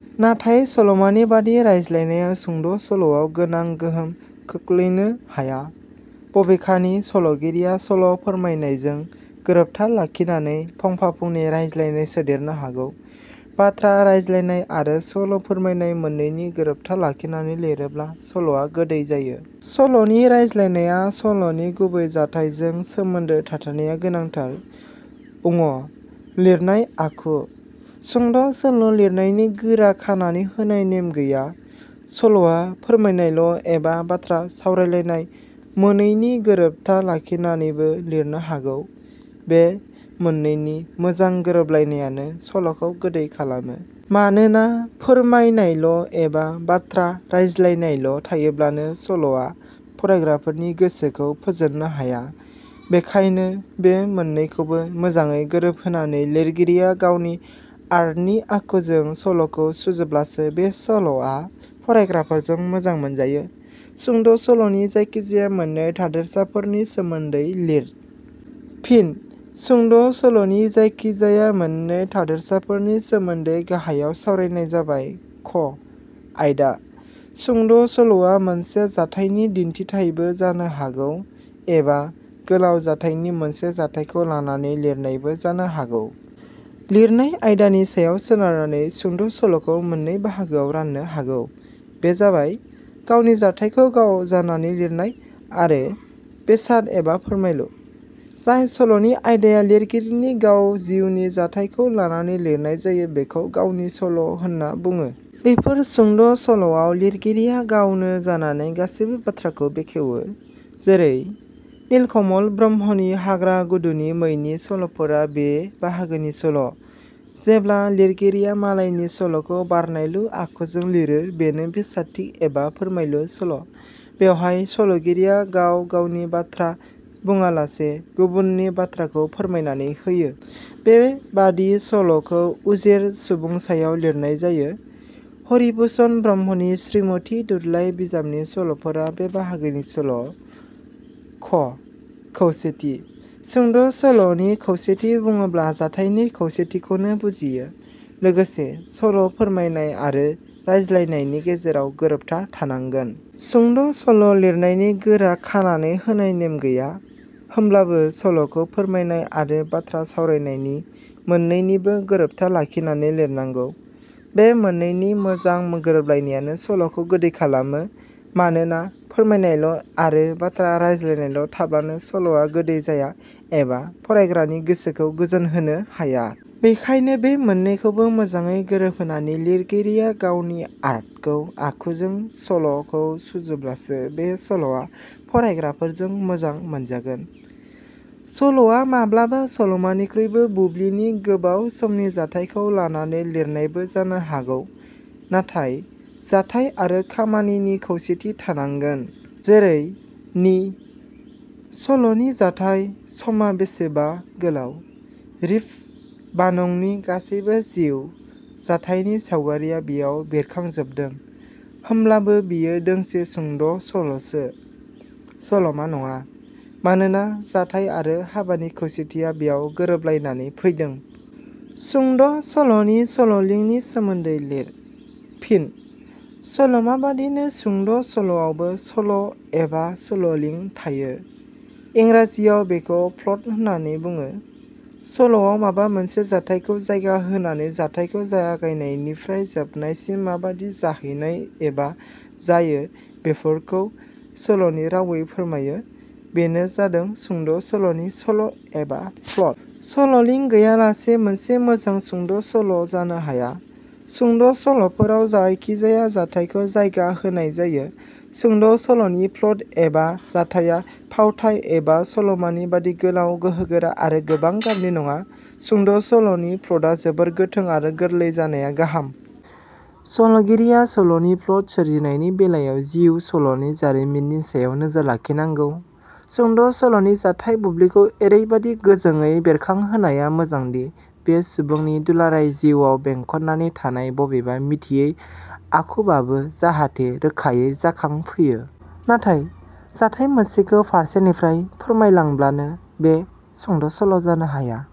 नाथाय सलमानि बादि रायज्लायनाया सुंद' सल'आव गोनां गोहोम खोखलैनो हाया। बबेखानि सल'गिरिया सल' फोरमायनायजों गोरोबथा लाखिनानै फंफा फंनै रायज्लायनाय सोदेरनो हागौ। बाथ्रा रायज्लायनाय आरो सल' फोरमायनाय मोननैनि गोरोबथा लाखिनानै लिरोब्ला सल'आ गोदै जायो। सल'नि रायज्लायनाया सल 'नि गुबै जाथाइजों सोमोन्दो थाथारनाया गोनांथार। ङ लिरनाय आखु: सुंद' सल' लिरनायनि गोरा खानानै होनाय नेम गैया। सल'आ फोरमायनायल' एबा बाथ्रा सावरायलायनाय मोनैनि गोरोबथा लाखिनानैबो लिरनो हागौ। बे मोननैनि मोजां गोरोबलायनायानो 'सल'खौ गोदै खालामो। मानोना फोरमायनायल' एबा बाथ्रा रायज्लायनायल' थायोब्लानो सल 'या फरायग्राफोरनि गोसोखौ फोजोननो हाया। बेखायनो बे मोननैखौबो मोजाङै गोरोब होनानै लिरगिरिया गावनि आर्टनि आखुजों सल 'खौ सुजुब्लासो बे सल 'या फरायग्राफोरजों मोजां मोनजायो। सुंद' सल 'नि जायखि जाया मोननै थादेरसाफोरनि सोमोन्दै लिर। फिन: सुंद' सल 'नि जायखि जाया मोननै थादेरसाफोरनि सोमोन्दै गाहायाव सावरायनाय जाबाय- क आयदा: सुंद' सल 'वा मोनसे जाथायनि दिन्थिथायबो जानो हागौ एबा गोलाउ जाथायनि मोनसे जाथायखौ लानानै लिरनायबो जानो हागौ। लिरनाय आयदानि सायाव सोनारनानै सुंद' सल'खौ मोननै बाहागोआव राननो हागौ, बे जाबाय- गावनि जाथायखौ गाव जानानै लिरनाय आरो बेसाद एबा फोरमायलु। जाय सल 'नि आयदाया लिरगिरिनि गाव जिउनि जाथायखौ लानानै लिरनाय जायो बेखौ गावनि सल' होनना बुङो। बेफोर सुंद' सल 'आव लिरगिरिया गावनो जानानै गासैबो बाथ्राखौ बेखेवो। जैरै-नीलकमल ब्रह्मनि हाग्रा गुदुनि मैनि सल'फोरा बे बाहागोनि सल'। जेब्ला लिरगिरिया मालायनि सल 'खौ बारनायलु आखुजों लिरो बेनो बेसादथि एबा फोरमायलु सल'। बेवहाय सल'गिरिया गाव गावनि बाथ्रा बुङालासे गुबुननि बाथ्राखौ फोरमायनानै होयो। बे बादि सल'खौ उजेर सुबुंसायाव लिरनाय जायो। हरिभुषन ब्रह्मनि श्रीमति दुरलाय बिजाबनि सल'फोरा बे बाहागोनि सल'। ख खौसेथि: सुंद' सल'नि खौसेथि बुङोब्ला जाथायनि खौसेथिखौनो बुजियो। लोगोसे सल' फोरमायनाय आरो रायज्लायनायनि गेजेराव गोरोबथा थानांगोन। सुंद' सल' लिरनायनि गोरा खानानै होनाय नेम गैया। होमब्लाबो सल 'खौ फोरमायनाय आरो बाथ्रा सावरायनायनि मोननैनिबो गोरोबथा लाखिनानै लिरनांगौ। बे मोननैनि मोजां गोरोबलायनायानो सल'खौ गोदै खालामो। मानोना फोरमायनायल' आरो बाथ्रा रायज्लायनायल' थाब्लानो सल'आ गोदै जाया एबा फरायग्रानि गोसोखौ गोजोनहोनो हाया। बेखायनो बे मोननैखौबो मोजाङै गोरोबहोनानै लिरगिरिया गावनि आर्टखौ आखुजों सल 'खौ सुजुब्लासो बे सल'आ फरायग्राफोरजों मोजां मोनजागोन। सल'आ माब्लाबा सल'मानिख्रुइबो बुब्लिनि गोबाव समनि जाथायखौ लानानै लिरनायबो जानो हागौ नाथाय जाथाइ आरो खामानिनि खौसेथि थानांगोन। जेरै नि "" सल 'नि जाथाइ समा बेसेबा गोलाउ, रिप भानंनि गासैबो जिउ जाथाइनि सावगारिया बेयाव बेरखांजोबदों होमब्लाबो बेयो दोंसे सुंद' सल'सो, सल'मा नङा। मानोना जाथाइ आरो हाबानि खौसेथिया बेयाव गोरोबलायनानै फैदों। सुंद' सल 'नि सल 'लिंनि सोमोन्दै लिर। फिन: सल'माबादिनो सुंद' सल'आवबो सल' एबा सल 'लिं थायो, इंराजियाव बेखौ प्लट होननानै बुङो। सल'आव माबा मोनसे जाथाइखौ जायगा होनानै जाथाइखौ जागायनायनिफ्राय जोबनायसिम माबादि जाहैनाय एबा जायो बेफोरखौ सल'नि रावै फोरमायो, बेनो जादों सुंद' सल'नि सल' एबा प्लट। सल 'लिं गैयालासे मोनसे मोजां सुंद' सल' जानो हाया। सुंद' सल 'फोराव जायखिजाया जाथाइखौ जायगा होनाय जायो। सुंद' सल'नि प्लट एबा जाथाइया फावथाइ एबा सलमानि बादि गोलाव गोहोगोरा आरो गोबां गाबनि नङा। सुंद' सल 'नि प्लटआ जोबोर गोथों आरो गोरलै जानाया गाहाम। सल 'गिरिया सल 'नि प्लट सोरजिनायनि बेलायाव जिउ सल 'नि जारिमिननि सायाव नोजोर लाखिनांगौ। सुंद' सल 'नि जाथाइ बुब्लिखौ एरैबादि गोजोङै बेरखांहोनाया मोजांदि बे सुबुंनि दुलाराय जिउवाव बेंखननानै थानाय बबेबा मिथियै आखुवाबो जाहाथे रोखायै जाखां फैयो। नाथाय जाथाइ मोनसेखौ फारसे निफ्राय फोरमायलांब्लानो बे सुंद' सल' जानो हाया।